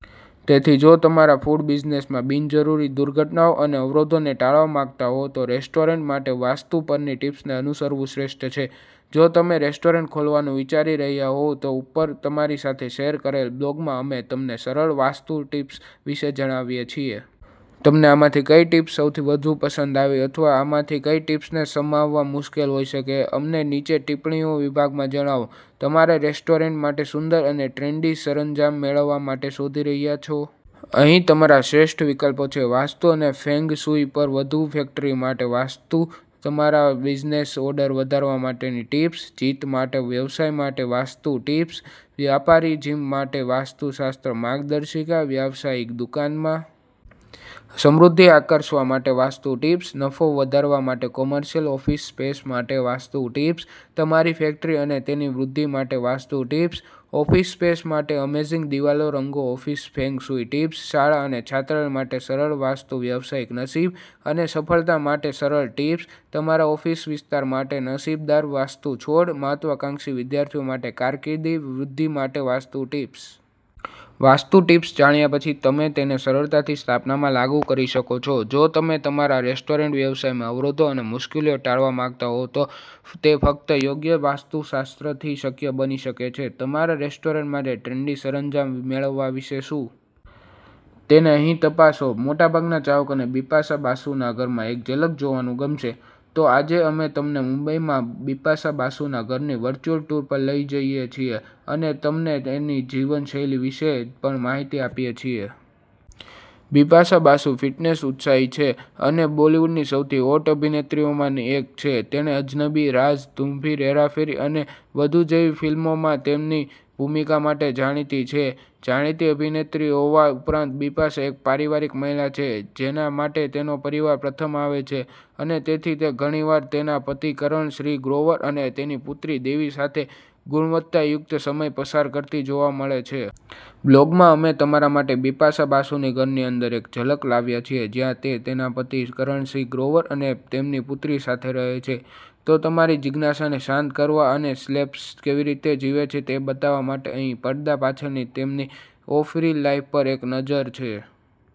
તેથી, જો તમારા ફૂડ બિઝનેસમાં બિનજરૂરી દુર્ઘટનાઓ અને અવરોધોને ટાળવા માંગતા હો, તો રેસ્ટોરન્ટ માટે વાસ્તુ પરની ટીપ્સને અનુસરવું શ્રેષ્ઠ છે. જો તમે રેસ્ટોરન્ટ ખોલવાનું વિચારી રહ્યા હોવ તો ઉપર તમારી સાથે શેર કરેલ બ્લોગમાં અમે તમને સરળ વાસ્તુ ટિપ્સ વિશે જણાવીએ છીએ. તમને આમાંથી કઈ ટીપ્સ સૌથી વધુ પસંદ આવી? અથવા આમાંથી કઈ ટીપ્સને સમાવવા મુશ્કેલ હોઈ શકે? અમને નીચે ટિપ્પણીઓ વિભાગમાં જણાવો. તમારા રેસ્ટોરન્ટ માટે સુંદર અને ટ્રેન્ડી સરંજામ મેળવવા માટે શોધી રહ્યાં છો? અહીં તમારા શ્રેષ્ઠ વિકલ્પો છે. વાસ્તુ અને ફેંગ શુઇ પર વધુ ફેક્ટરી માટે વાસ્તુ, તમારા બિઝનેસ ઓર્ડર વધારવા માટેની ટિપ્સ, જીત માટે, વ્યવસાય માટે વાસ્તુ ટિપ્સ, વ્યાપારી જીમ માટે વાસ્તુશાસ્ત્ર માર્ગદર્શિકા, વ્યવસાયિક દુકાનમાં સમૃદ્ધિ આકર્ષવા માટે વાસ્તુ ટિપ્સ, નફો વધારવા માટે કોમર્શિયલ ઓફિસ સ્પેસ માટે વાસ્તુ ટિપ્સ, તમારી ફેક્ટરી અને તેની વૃદ્ધિ માટે વાસ્તુ ટિપ્સ, ઓફિસ સ્પેસ માટે અમેઝિંગ દિવાલ રંગો ઓફિસ ફેંગ શુઇ ટિપ્સ, શાળા અને છાત્રાલય માટે સરળ વાસ્તુ વ્યવસાયિક નસીબ અને સફળતા માટે સરળ ટિપ્સ, તમારા ઓફિસ વિસ્તાર માટે નસીબદાર વાસ્તુ છોડ મહત્વાકાંક્ષી વિદ્યાર્થીઓ માટે કારકિર્દી વૃદ્ધિ માટે વાસ્તુ ટિપ્સ. વાસ્તુ ટિપ્સ જાણ્યા પછી તમે તેને સરળતાથી સ્થાપનામાં લાગુ કરી શકો છો. જો તમે તમારા રેસ્ટોરન્ટ વ્યવસાયમાં અવરોધો અને મુશ્કેલીઓ ટાળવા માંગતા હો, તો તે ફક્ત યોગ્ય વાસ્તુશાસ્ત્રથી શક્ય બની શકે છે. તમારા રેસ્ટોરન્ટ માટે ટ્રેન્ડી સરંજામ મેળવવા વિશે શું? તેને અહીં તપાસો. મોટાભાગના ચાહકોને બિપાશા બાસુના ઘરમાં એક ઝલક જોવાનું ગમશે. તો આજે અમે તમને મુંબઈમાં બિપાશા બાસુના ઘરની વર્ચ્યુઅલ ટૂર પર લઈ જઈએ છીએ અને તમને તેની જીવનશૈલી વિશે પણ માહિતી આપીએ છીએ. બિપાશા બાસુ ફિટનેસ ઉત્સાહી છે અને બોલીવુડની સૌથી હોટ અભિનેત્રીઓમાંની એક છે. તેણે અજનબી, રાઝ, ધૂમફિર, હેરા ફેરી અને વધુ જેવી ફિલ્મોમાં તેમની ભૂમિકા માટે જાણીતી છે. જાણીતી અભિનેત્રી હોવા ઉપરાંત, બિપાશા એક પારિવારિક મહિલા છે જેના માટે તેનો પરિવાર પ્રથમ આવે છે અને તેથી તે ઘણીવાર તેના પતિ કરણ શ્રી ગ્રોવર અને તેની પુત્રી દેવી સાથે ગુણવત્તાયુક્ત સમય પસાર કરતી જોવા મળે છે. બ્લોગમાં અમે તમારા માટે બિપાશા બાસુની ઘરની અંદર એક ઝલક લાવ્યા છીએ જ્યાં તે તેના પતિ કરણ સિંહ ગ્રોવર અને તેમની પુત્રી સાથે રહે છે. તો તમારી જિજ્ઞાસાને શાંત કરવા અને સ્લેબ્સ કેવી રીતે જીવે છે તે બતાવવા માટે અહીં પડદા પાછળની તેમની ઑફ-રીલ લાઇફ પર એક નજર છે.